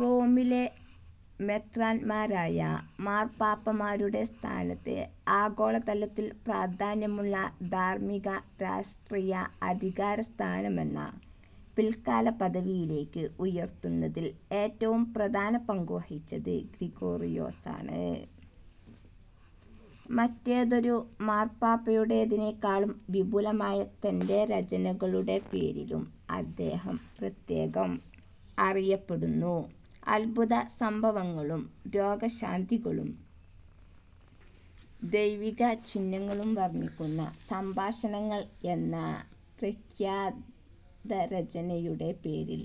റോമിലെ മെത്രാന്മാരായ മാർപ്പാപ്പാമാരുടെ സ്ഥാനത്തെ, ആഗോളതലത്തിൽ പ്രാധാന്യമുള്ള ധാർമ്മിക-രാഷ്ട്രീയ അധികാരസ്ഥാനമെന്ന പിൽക്കാലപദവിയിലേയ്ക്ക് ഉയർത്തുന്നതിൽ ഏറ്റവും പ്രധാന പങ്കുവഹിച്ചത് ഗ്രിഗോറിയോസാണ്. മറ്റേതൊരു മാർപ്പാപ്പായുടേതിനേക്കാളും വിപുലമായ തന്റെ രചനകളുടെ പേരിലും അദ്ദേഹം പ്രത്യേകം അറിയപ്പെടുന്നു. അത്ഭുതസംഭവങ്ങളും രോഗശാന്തികളും ദൈവികചിഹ്നങ്ങളും വർണ്ണിക്കുന്ന "സംഭാഷണങ്ങൾ" എന്ന പ്രഖ്യാതരചനയുടെ പേരിൽ,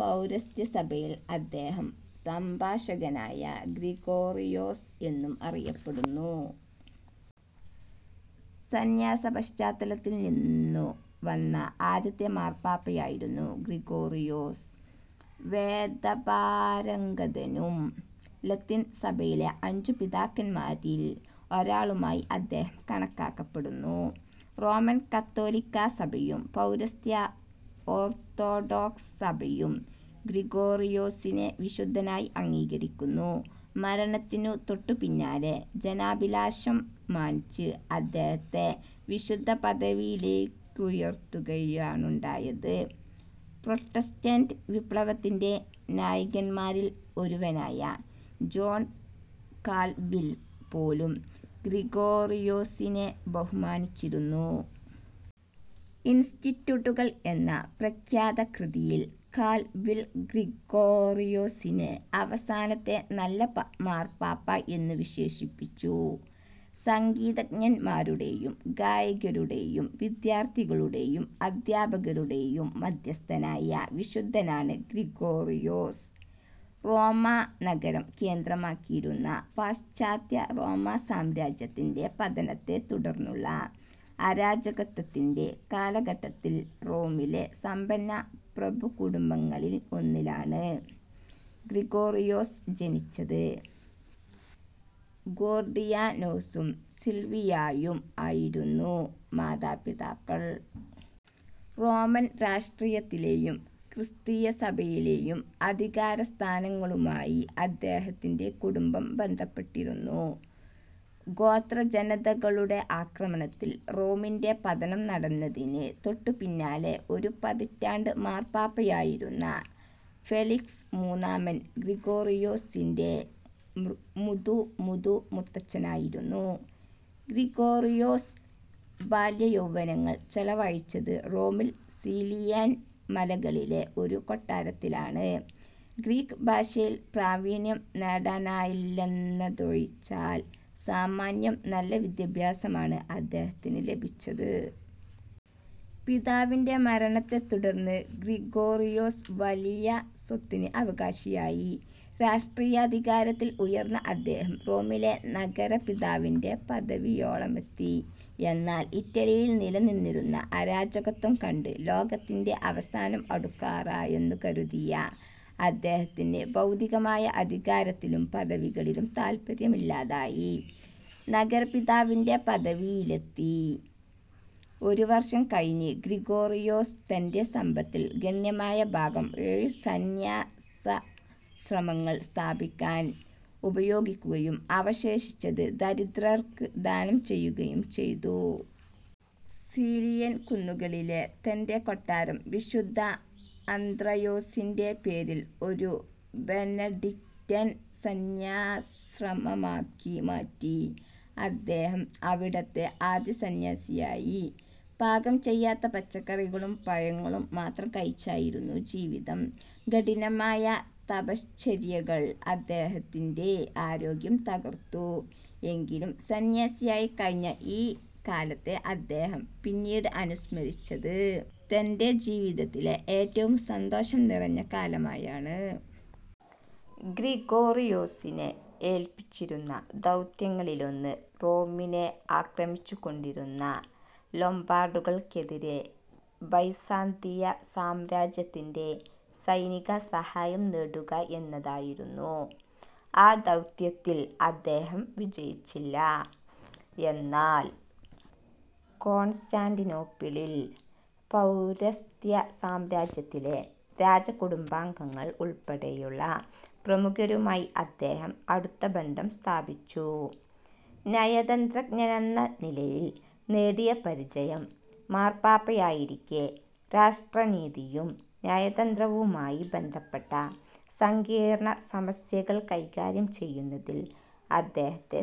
പൗരസ്ത്യസഭയിൽ അദ്ദേഹം സംഭാഷകനായ ഗ്രിഗോറിയോസ് എന്നും അറിയപ്പെടുന്നു. സന്യാസപശ്ചാത്തലത്തിൽ നിന്നു വന്ന ആദ്യത്തെ മാർപ്പാപ്പയായിരുന്നു ഗ്രിഗോറിയോസ്. വേദപാരംഗതനും, ലത്തീൻ സഭയിലെ അഞ്ചു പിതാക്കന്മാരിൽ ഒരാളുമായി അദ്ദേഹം കണക്കാക്കപ്പെടുന്നു. റോമൻ കത്തോലിക്കാ സഭയും പൗരസ്ത്യ ഓർത്തൊഡോക്സ് സഭയും ഗ്രിഗോറിയോസിനെ വിശുദ്ധനായി അംഗീകരിക്കുന്നു. മരണത്തിനു തൊട്ടുപിന്നാലെ, ജനാഭിലാഷം മാനിച്ച് അദ്ദേഹത്തെ വിശുദ്ധപദവിയിലേയ്ക്കുയർത്തുകയാണുണ്ടായത്. പ്രൊട്ടസ്റ്റന്റ് വിപ്ലവത്തിന്റെ നായകന്മാരിൽ ഒരുവനായ ജോൺ കാൽവിൽ പോലും ഗ്രിഗോറിയോസിനെ ബഹുമാനിച്ചിരുന്നു. "ഇൻസ്റ്റിട്യൂട്ടുകൾ" എന്ന പ്രഖ്യാതകൃതിയിൽ കാൽവിൽ ഗ്രിഗോറിയോസിനെ, "അവസാനത്തെ നല്ല മാർപ്പാപ്പ" എന്നു വിശേഷിപ്പിച്ചു. സംഗീതജ്ഞന്മാരുടേയും, ഗായകരുടേയും, വിദ്യാർത്ഥികളുടേയും, അദ്ധ്യാപകരുടേയും മദ്ധ്യസ്ഥനായ വിശുദ്ധനാണ് ഗ്രിഗോറിയോസ്. റോമാ നഗരം കേന്ദ്രമാക്കിയിരുന്ന പാശ്ചാത്യറോമാസാമ്രാജ്യത്തിന്റെ പതനത്തെ തുടർന്നുള്ള അരാജകത്വത്തിന്റെ കാലഘട്ടത്തിൽ റോമിലെ സമ്പന്ന പ്രഭുകുടുംബങ്ങളിൽ ഒന്നിലാണ് ഗ്രിഗോറിയോസ് ജനിച്ചത്. ഗോർഡിയാനോസും സിൽവിയായും ആയിരുന്നു മാതാപിതാക്കൾ. റോമൻ രാഷ്ടീയത്തിലേയും ക്രിസ്തീയസഭയിലേയും അധികാരസ്ഥാനങ്ങളുമായി അദ്ദേഹത്തിന്റെ കുടുംബം ബന്ധപ്പെട്ടിരുന്നു. ഗോത്രജനതകളുടെ ആക്രമണത്തിൽ റോമിന്റെ പതനം നടന്നതിന് തൊട്ടുപിന്നാലെ ഒരു പതിറ്റാണ്ട് മാർപ്പാപ്പയായിരുന്ന ഫെലിക്സ് മൂന്നാമൻ ഗ്രിഗോറിയോസിന്റെ മുതു-മുതു-മുത്തച്ഛനായിരുന്നു. ഗ്രിഗോറിയോസ് ബാല്യയൗവനങ്ങൾ ചെലവഴിച്ചത് റോമിൽ സീലിയൻ മലകളിലെ ഒരു കൊട്ടാരത്തിലാണ്. ഗ്രീക്ക് ഭാഷയിൽ പ്രാവീണ്യം നേടാനായില്ലെന്നതൊഴിച്ചാൽ സാമാന്യം നല്ല വിദ്യാഭ്യാസമാണ് അദ്ദേഹത്തിന് ലഭിച്ചത്. പിതാവിന്റെ മരണത്തെ തുടർന്ന് ഗ്രിഗോറിയോസ് വലിയ സ്വത്തിന് അവകാശിയായി. രാഷ്ട്രീയാധികാരത്തിൽ ഉയർന്ന അദ്ദേഹം റോമിലെ നഗരപിതാവിന്റെ പദവിയോളമെത്തി. എന്നാൽ, ഇറ്റലിയിൽ നിലനിന്നിരുന്ന അരാജകത്വം കണ്ട് ലോകത്തിന്റെ അവസാനം അടുക്കാറായെന്നു കരുതിയ അദ്ദേഹത്തിന് ഭൗതികമായ അധികാരത്തിലും പദവികളിലും താത്പര്യമില്ലാതായി. നഗരപിതാവിന്റെ പദവിയിലെത്തി ഒരു വർഷം കഴിഞ്ഞ് ഗ്രിഗോറിയോസ് തന്റെ സമ്പത്തിൽ ഗണ്യമായ ഭാഗം ഏഴു സന്യാസാശ്രമങ്ങൾ സ്ഥാപിക്കാൻ ഉപയോഗിക്കുകയും അവശേഷിച്ചത് ദരിദ്രർക്ക് ദാനം ചെയ്യുകയും ചെയ്തു. സീലിയൻ കുന്നുകളിലെ തന്റെ കൊട്ടാരം വിശുദ്ധ അന്ത്രയോസിന്റെ പേരിൽ ഒരു ബെനഡിക്ടൻ സന്യാസാശ്രമമാക്കി മാറ്റി അദ്ദേഹം അവിടത്തെ ആദ്യസന്യാസിയായി. പാകം ചെയ്യാത്ത പച്ചക്കറികളും പഴങ്ങളും മാത്രം കഴിച്ചായിരുന്നു ജീവിതം. കഠിനമായ തപശ്ചര്യകൾ അദ്ദേഹത്തിന്റെ ആരോഗ്യം തകർത്തു. എങ്കിലും സന്യാസിയായി കഴിഞ്ഞ ഈ കാലത്തെ അദ്ദേഹം പിന്നീട് അനുസ്മരിച്ചത്, തന്റെ ജീവിതത്തിലെ ഏറ്റവും സന്തോഷം നിറഞ്ഞ കാലമായാണ്. ഗ്രിഗോറിയോസിനെ ഏല്പിച്ചിരുന്ന ദൗത്യങ്ങളിലൊന്ന് റോമിനെ ആക്രമിച്ചുകൊണ്ടിരുന്ന ലൊംബാർഡുകൾക്കെതിരെ ബൈസാന്തിയ സാമ്രാജ്യത്തിന്റെ സൈനിക സഹായം നേടുക എന്നതായിരുന്നു. ആ ദൗത്യത്തിൽ അദ്ദേഹം വിജയിച്ചില്ല. എന്നാൽ, കോൺസ്റ്റാന്റിനോപ്പിളിൽ, പൗരസ്ത്യസാമ്രാജ്യത്തിലെ രാജകുടുംബാംഗങ്ങൾ ഉൾപ്പെടെയുള്ള പ്രമുഖരുമായി അദ്ദേഹം അടുത്ത ബന്ധം സ്ഥാപിച്ചു. നയതന്ത്രജ്ഞനെന്ന നിലയിൽ നേടിയ പരിചയം മാർപ്പാപ്പയായിരിക്കെ രാഷ്ട്രനീതിയും നയതന്ത്രവുമായി ബന്ധപ്പെട്ട സങ്കീർണ്ണസമസ്യകൾ കൈകാര്യം ചെയ്യുന്നതിൽ അദ്ദേഹത്തെ സഹായിച്ചു.